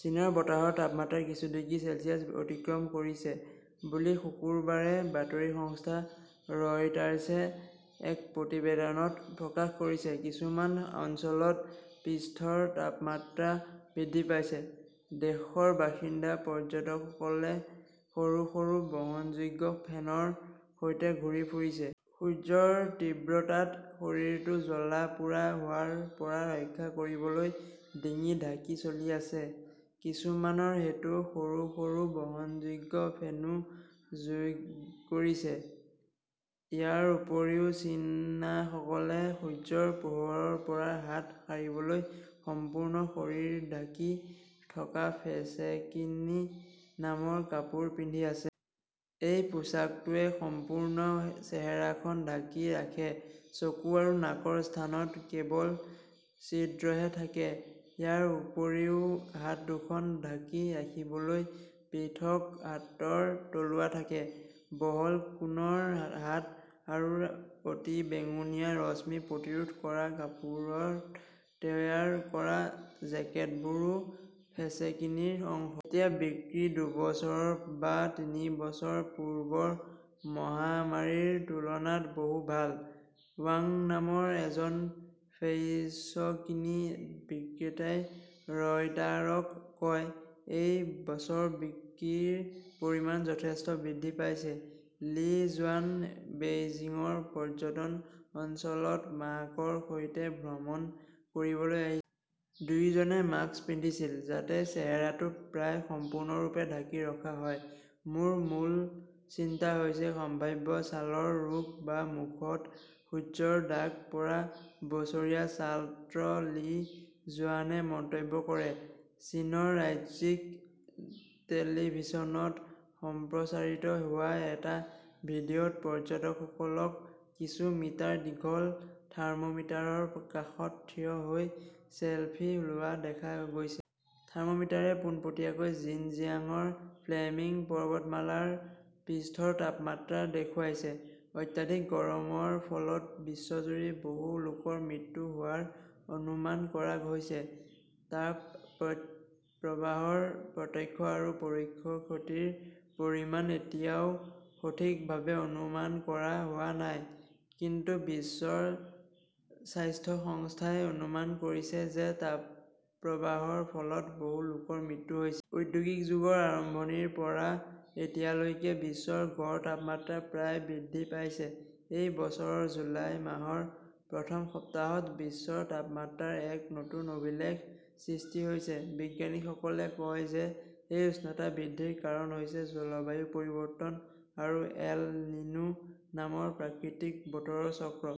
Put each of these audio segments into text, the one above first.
চীনত বতাহৰ তাপমাত্ৰা কিছু ডিগ্ৰী চেলছিয়াছ অতিক্ৰম কৰিছে বুলি শুকুৰবাৰে বাতৰি সংস্থা ৰয়টাৰ্ছে এক প্ৰতিবেদনত প্ৰকাশ কৰিছে। কিছুমান অঞ্চলত পৃষ্ঠৰ তাপমাত্ৰা বৃদ্ধি পাইছে। দেশৰ বাসিন্দা, পৰ্যটকসকলে সৰু সৰু বহনযোগ্য ফেনৰ সৈতে ঘূৰি ফুৰিছে। সূৰ্যৰ তীব্ৰতাত শৰীৰটো জ্বলা পোৰা হোৱাৰ পৰা ৰক্ষা কৰিবলৈ ডিঙি ঢাকি চলি আছে। কিছুমানৰ হেটে সৰু সৰু বহনযোগ্য ফেনো যোগ কৰিছে। ইয়াৰ উপৰিও, চীনাসকলে সূৰ্যৰ পোহৰৰ পৰা হাত সাৰিবলৈ সম্পূৰ্ণ শৰীৰ ঢাকি থকা ফেচেকিনি নামৰ কাপোৰ পিন্ধি আছে। এই পোচাকটোৱে সম্পূৰ্ণ চেহেৰাখন ঢাকি ৰাখে, চকু আৰু নাকৰ স্থানত কেৱল ছিদ্ৰহে থাকে। ইয়াৰ উপৰিও হাত দুখন ঢাকি ৰাখিবলৈ পৃথক হাতৰ তলুৱা থাকে। বহল কোণৰ হাট আৰু অতিবেঙুনীয়া ৰশ্মি প্ৰতিৰোধ কৰা কাপোৰত তৈয়াৰ কৰা জেকেটবোৰো ফেচেকিনিৰ অংশ। এতিয়া বিক্ৰী দুবছৰ বা তিনি বছৰ পূৰ্বৰ মহামাৰীৰ তুলনাত বহু ভাল, ৱাং নামৰ এজন ফেইচকিনি বিক্ৰেতাই ৰয়টাৰক কয়। এই বছৰ বিক্ৰীৰ পৰিমাণ যথেষ্ট বৃদ্ধি পাইছে। লী জুৱান বেইজিঙৰ পৰ্যটন অঞ্চলত মাকৰ সৈতে ভ্ৰমণ কৰিবলৈ আহিছে। দুয়োজনে মাস্ক পিন্ধিছিল, যাতে চেহেৰাটো প্ৰায় সম্পূৰ্ণৰূপে ঢাকি ৰখা হয়। মোৰ মূল চিন্তা হৈছে সম্ভাৱ্য ছালৰ ৰোগ বা মুখত সূৰ্যৰ দাগ পৰা, বছৰীয়া ছাত্ৰ লী জুৱানে মন্তব্য কৰে। চীনৰ ৰাজ্যিক টেলিভিছনত সম্প্ৰচাৰিত হোৱা এটা ভিডিঅত পৰ্যটকসকলক কিছু মিটাৰ দীঘল থাৰ্মোমিটাৰৰ কাষত থিয় হৈ চেলফি লোৱা দেখা গৈছে। থাৰ্মোমিটাৰে পোনপটীয়াকৈ জিনজিয়াংৰ ফ্লেমিঙ পৰ্বতমালাৰ পৃষ্ঠৰ তাপমাত্ৰা দেখুৱাইছে। অত্যাধিক গৰমৰ ফলত বিশ্বজুৰি বহু লোকৰ মৃত্যু হোৱাৰ অনুমান কৰা হৈছে। তাপ প্ৰবাহৰ প্ৰত্যক্ষ আৰু পৰোক্ষ ক্ষতিৰ পৰিমাণ এতিয়াও সঠিকভাৱে অনুমান কৰা হোৱা নাই। কিন্তু বিশ্ব স্বাস্থ্য সংস্থাই অনুমান কৰিছে যে তাপপ্ৰবাহৰ ফলত বহু লোকৰ মৃত্যু হৈছিল। ঔদ্যোগিক যুগৰ আৰম্ভণিৰ পৰা এতিয়ালৈকে বিশ্বৰ গড় তাপমাত্ৰা প্ৰায় বৃদ্ধি পাইছে। এই বছৰৰ জুলাই মাহৰ প্ৰথম সপ্তাহত বিশ্বৰ তাপমাত্ৰাৰ এক নতুন অভিলেখৰ সৃষ্টি হৈছে। বিজ্ঞানীসকলে কয় যে এই উষ্ণতা বৃদ্ধিৰ কাৰণ হৈছে জলবায়ু পৰিৱৰ্তন আৰু এল নিনো নামৰ প্ৰাকৃতিক বতৰৰ চক্ৰ।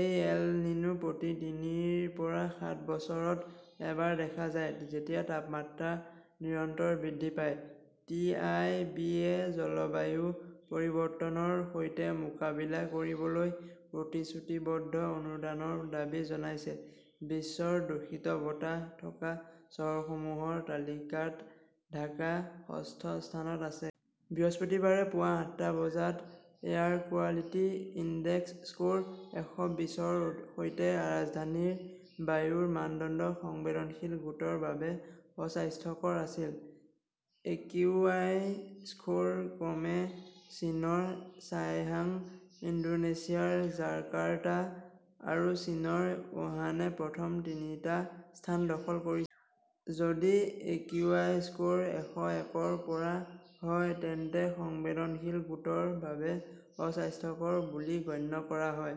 এই এল নিনো প্ৰতি তিনিৰ পৰা সাত বছৰত এবাৰ দেখা যায়, যেতিয়া তাপমাত্ৰা নিৰন্তৰ বৃদ্ধি পায়। টি আই বি য়ে জলবায়ু পৰিৱৰ্তনৰ সৈতে মোকাবিলা কৰিবলৈ প্ৰতিশ্ৰুতিবদ্ধ অনুদানৰ দাবী জনাইছে। বিশ্বৰ দূষিত বতাহ থকা চহৰসমূহৰ তালিকাত ঢাকা ষষ্ঠ স্থানত আছে। বৃহস্পতিবাৰে পুৱা আঠটা বজাত এয়াৰ কোৱালিটি ইনডেক্স স্ক'ৰ এশ বিশৰ সৈতে ৰাজধানীৰ বায়ুৰ মানদণ্ড সংবেদনশীল গোটৰ বাবে অস্বাস্থ্যকৰ আছিল। একিউআই স্ক'ৰ ক্ৰমে চীনৰ চাংহাই, ইণ্ডোনেছিয়াৰ জাকাৰ্টা আৰু চীনৰ উহানে প্ৰথম তিনিটা স্থান দখল কৰিছে। যদি একিউআই স্ক'ৰ এশ একৰ পৰা হয় তেন্তে সংবেদনশীল গোটৰ বাবে অস্বাস্থ্যকৰ বুলি গণ্য কৰা হয়।